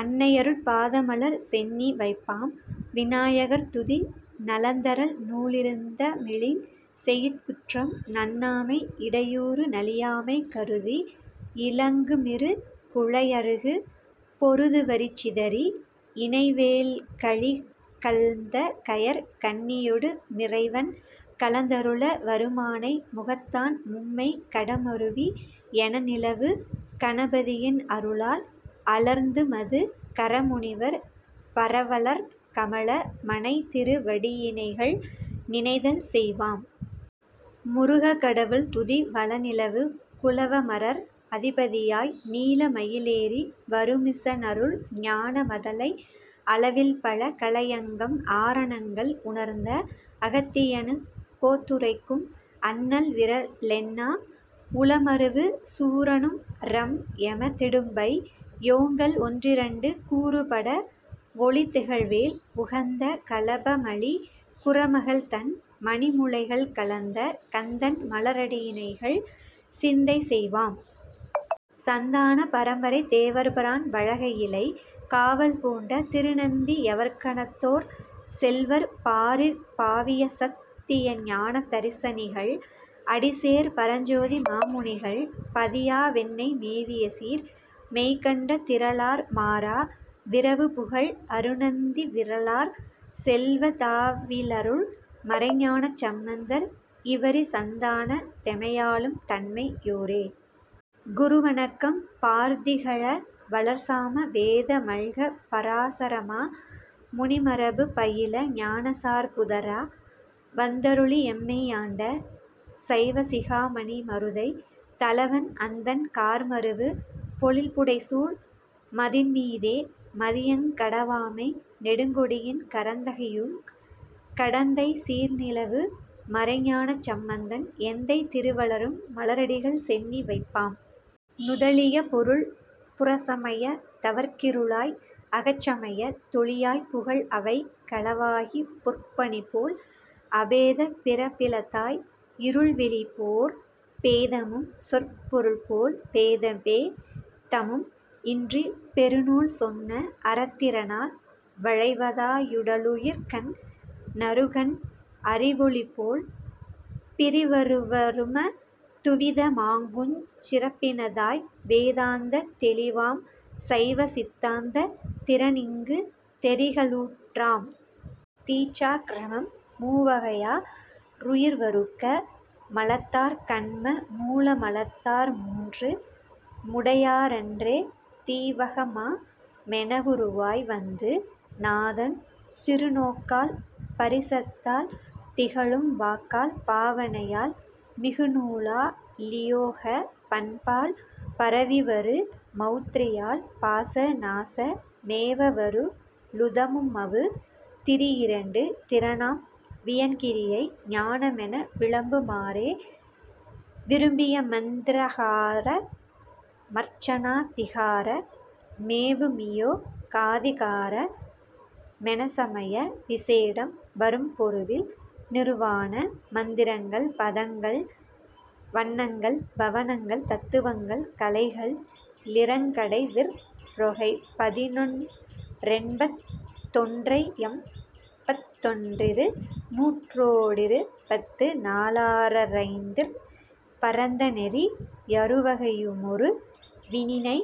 அன்னையருட் பாதமலர் சென்னி வைப்பாம். விநாயகர் துதி நலந்தரல்நூ லிருந்தமிழின் செய்யுட் குற்றம் நண்ணாமை இடையூறு நலியாமை கருதி இலங்குமிரு குழையருகு பொருதுவரி சிதறி இணைவேல்க ளிகழ்ந்தகயற் கண்ணியொடு மிறைவன் கலந்தருள வருமானை முகத்தான் மும்மைக் கடமருவி யெனநிலவு கணபதியின் அருளால் அலர்ந்துமது கரமுனிவர் பரவவளர் கமல மனைதிரு வடியினைகள் நினைதல் செய்வாம். முருகக்கடவுள் துதி வளநிலவு குலவமரர் அதிபதியாய் நீல மயிலேறி வருமீச னருள்ஞான மதலை அளவில்பல கலையங்கம் ஆரணங்கள் உணர்ந்த அகத்தியனுக் கோத்துரைக்கும் அண்ணல்விறலெண்ணா உளமருவு சூரனுரம் எமதிடும்பை யோங்கல் ஒன்றிரண்டு கூறுபட வொளிதிகழ்வேல் உகந்த களபமலி குறமகள்தன் மணிமுலைகள் கலந்த கந்தன்மல ரடியிணைகள் சிந்தை செய்வாம். சந்தான பரம்பரை தேவர்பிரான் வளகயிலைக் காவல் பூண்ட திருநந்தி யவர்கணத்தோர் செல்வர் பாரிற் பாவியசத் தியஞான தரிசனிகள் அடிசேர் பரஞ்சோதி மாமுனிகள் பதியா வெண்ணை மேவியசீர் மெய்கண்ட திறலார் மாறா விரவுபுகழ் அருணந்தி விறலார் செல்வத் தாவிலருள் மறைஞான சம்பந்தர் இவரிச் சந்தானத் தெமையாளும் தன்மை யோரே. குரு வணக்கம் பார்திகழ வளர்சாம வேத மல்கப் பராசரமா முனிமரபு பயில ஞானச் சார்புதர வந்தருளி எம்மை யாண்ட சைவசிகா மணிமருதைத் தலவன் அந்தன் கார்மருவு பொழில்புடைசூழ் மதின்மீதே மதியங் கடவாமை நெடுங்கொடியின் கரந்தகையுங் கடந்தைச் சீர்நிலவு மறைஞான சம்பந்தன் எந்தை திருவளரும் மலரடிகள் சென்னி வைப்பாம். நுதலிய பொருள் புறச்சமயத் தவர்க்கிருளாய் அகச்சமயத் தொளியாய்ப் புகல் அவைக் களவாகிப் பொற்பணிபோல் அபேதப் பிறப்பிலதாய் இருள்வெளிபோற் பேதமும் சொற் பொருள்போல் பேதாபே தமும் இன்றிப் பெருநூல் சொன்ன அறத்திறனால் வளைவதா யுடலுயிர்கண் ணருக்கன் அறிவொளிபோல் பிறிவருவருமத் துவித மாகுஞ் சிறப்பினதாய் வேதாந்தத் தெளிவாம் சைவ சித்தாந்தத் திறன்இங்குத் தெரிக்கலுற்றாம். தீட்சாக்கிரமம் மூவகையா ருயிர்வருக்க மலத்தார் கன்ம மூலமலத் தார்மூன்று முடையாரன்றே தீவகமா மெனவுருவாய் வந்து நாதன் திருநோக்கால் பரிசத்தால் திகழும் வாக்கால் பாவனையால் மிகுநூலா லியோகப் பண்பால் பரவிவரு மவுத்திரியால் பாச நாச மேவவரு ளுதவுமவுத் திரியிரண்டு திறனாம் வியன்கிரியை ஞானமென விளம்பு மாறே. விரும்பியமந் திராதிகார மர்ச்சனா திகார மேவுமியோ காதிகார மெனச்சமய விசேடம் வரும்பொருவில் நிருவாண மந்திரங்கள் பதங்கள் வன்னங்கள் பவனங்கள் தத்துவங்கள் கலைகள் ளிரங்கடைவிற்றொகைபதினொன் றெண்பத் தொன்றைம்பத்தொன் றிருநூற்றோ டிருபத்து நாலாறா றைந்திற் பரந்தநெறி யறுவகையு மொருவிநினை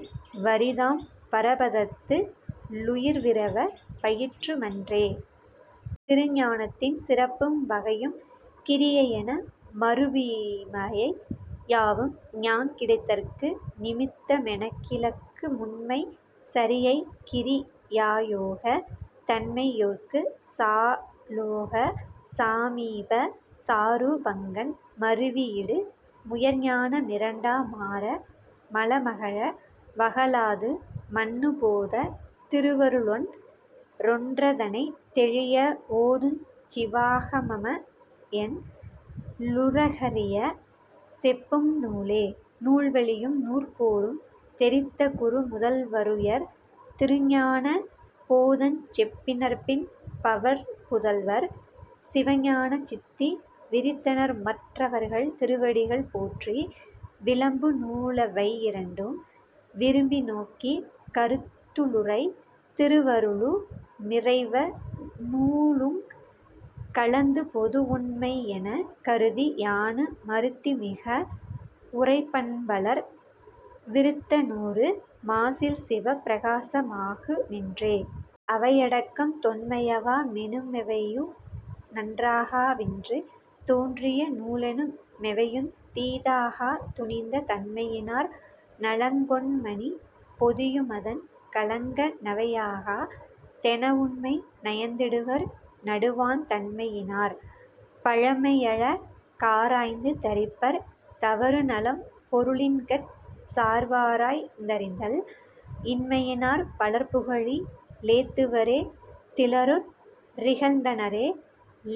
வரிதாம் பரபதத்து ளுயிர்விரவப் பயிற்று மன்றே. சிவஞானத்தின் சிறப்பும் வகையும் கிரியையென மருவுமவை யாவும் ஞாங் கிடைத்தற்கு நிமித்தமெனக்கிளக்குமுண்மைச் சரியைகிரி யாயோகத் தன்மையோர்க்குச் சாலோக சாமீப சாரூ பங்கண் மருவியிடு முயர்ஞான மிரண்டா மாறா மலமகல வகலாது மன்னு போதத் திருவருளொன் றொன்றதனைத் தெளிய வோதுஞ் சிவாகமமென் றுலகறியச் செப்பும் நூலே. நூல்வழியும் நூற்பெயரும் தெரித்தகுரு முதல்வருயர் சிவஞான போதஞ் செப்பினர்பின் பவர்புதல்வர் சிவஞான சித்தி விரித்தனர்மற் றவர்கள்திரு வடிகள் போற்றி விளம்பிநூ லவையிரண்டும் விரும்பினோக்கிக் கருத்திலுறை திருவருளு மிறைவ னூலுங் கலந்துபொது வுண்மையெனக் கருதி யானு மருத்திமிக வுரைப்பன்வளர் விருத்த நூறு மாசில்சிவப் பிரகாச மாகு மென்றே. அவையடக்கம் தொன்மையவா மெனுமெவையு நன்றாகா வின்று தோன்றியநூ லெனுமெவையுந் தீதாகா துணிந்த நன்மையினார் நலங்கொண்மணி பொதியுமதன் களங்க நவையாகா தெனவுண்மை நயந்திடுவர் நடுவாந் தன்மையினார் பழமையழ காராய்ந்து தரிப்பர் தவறுநலம் பொருளின்கட் சார்வாராய்ந்தறிதல் இன்மையினார் பலர்புகழி லேத்துவரே திலருற் றிகழ்ந்தனரே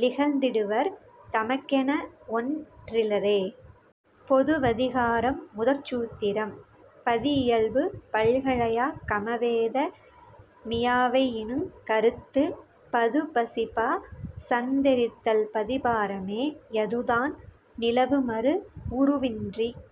லிகழ்ந்திடுவர் தமக்கென வொன் றிலரே. பொது வதிகாரம் முதற் சூத்திரம்.பதி இயல்பு பல்கலையா கமவேத மியாவையினுங் கருத்துப் பதிபசுபா சந்தெரித்தல்பதிபாரமே யதுதான் நிலவுமரு வுருவின்றிக்